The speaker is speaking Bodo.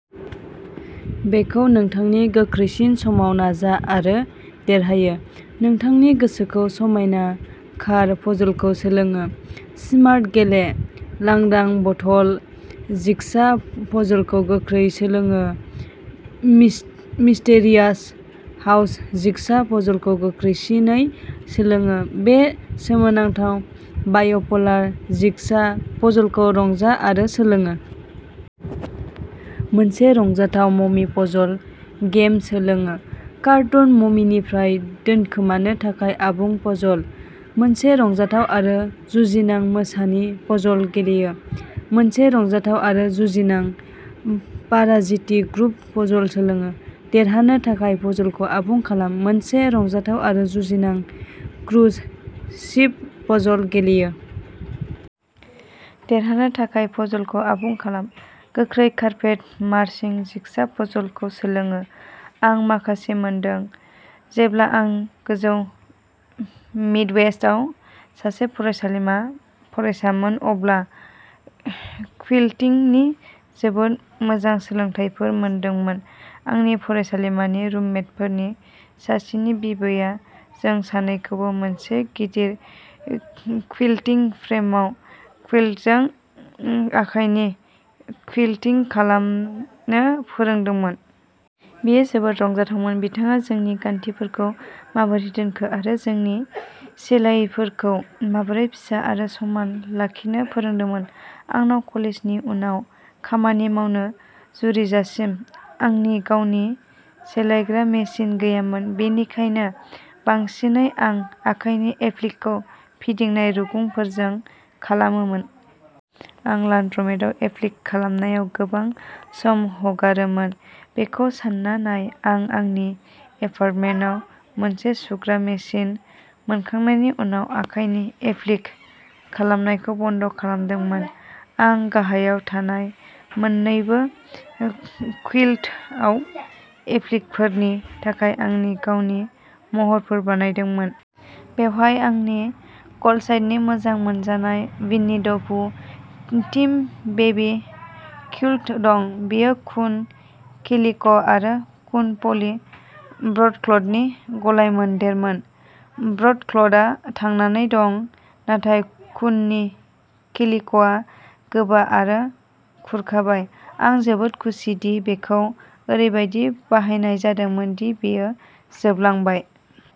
बेखौ नोंथांनि गोख्रैसिन समाव नाजा आरो देरहायो। नोंथांनि गोसोखौ समायना कार पजलखौ सोलोङो। स्मार्ट गेले, लांदां बथल जिगसा पजलखौ गोख्रै सोलोङो। मिस्टेरियास हाउस जिगसा पजलखौ गोख्रैसिनै सोलोङो। बे सोमोनांथाव बाय'पलार जिगसा पजलखौ रंजा आरो सोलोङो। मोनसे रंजाथाव ममी पजल गेम सोलोङो। कार्टुन ममीनिफ्राय दोनखोमानो थाखाय आबुं पजल। मोनसे रंजाथाव आरो जुजिनां मोसानि पजल गेलेयो। मोनसे रंजाथाव आरो जुजिनां पाराजिति ग्रुप पजल सोलोङो। देरहानो थाखाय पजलखौ आबुं खालाम। मोनसे रंजाथाव आरो जुजिनां क्रुज शिप पजल गेलेयो। देरहानो थाखाय पजलखौ आबुं खालाम। गोख्रै कार्पेट मार्चिं जिगसा पजलखौ सोलोङो। आं माखासे मोनदों। जेब्ला आं गोजौ मिडवेस्टआव सासे फरायसालिमा फरायसामोन, अब्ला क्विल्टिंनि जोबोद मोजां सोलोंथायफोर मोनदोंमोन। आंनि फरायसालिमानि रुममेटफोरनि सासेनि बिबैया जों सानैखौबो मोनसे गिदिर क्विल्टिं फ्रेमाव क्विल्टजों आखाइनि क्विल्टिं खालामनो फोरोंदोंमोन। बेयो जोबोद रंजाथावमोन। बिथाङा जोंनि गान्थिफोरखौ माबोरै दोनखो आरो जोंनि सेलायफोरखौ माबोरै फिसा आरो समान लाखिनो फोरोंदोंमोन। आंनाव कलेजनि उनाव खामानि मावनो जुरिजासिम आंनि गावनि सेलायग्रा मेसिन गैयामोन, बेनिखायनो बांसिनै आं आखाइनि एप्लिकखौ फिदिंनाय रुगुंफोरजों खालामोमोन। आं लान्ड्रमेटआव एप्लिक खालामनायाव गोबां सम हगारोमोन! बेखौ सान्ना नाय, आं आंनि एपार्टमेन्टआव मोनसे सुग्रा मेसिन मोनखांनायनि उनाव आखाइनि एप्लिक खालामनायखौ बन्द'खालामदोंमोन! आं गाहायाव थानाय मोन्नैबो क्विल्टआव एप्लिकफोरनि थाखाय आंनि गावनि महरफोर बानायदोंमोन। बेवहाय आंनि ग'डचाइल्डनि मोजां मोनजानाय विन्नी द पूह थीम बेबि क्विल्ट दं। बेयो खुन केलिक'आरो खुन-पलि ब्रडक्लथनि गलायमोनदेरमोन। ब्रडक्लथआ थांनानै दं नाथाय खुननि केलिक'आ गोबा आरो खुरखाबाय। आं जोबोद खुसि दि बेखौ ओरैबायदि बाहायनाय जादोंमोन दि बेयो जोबलांबाय!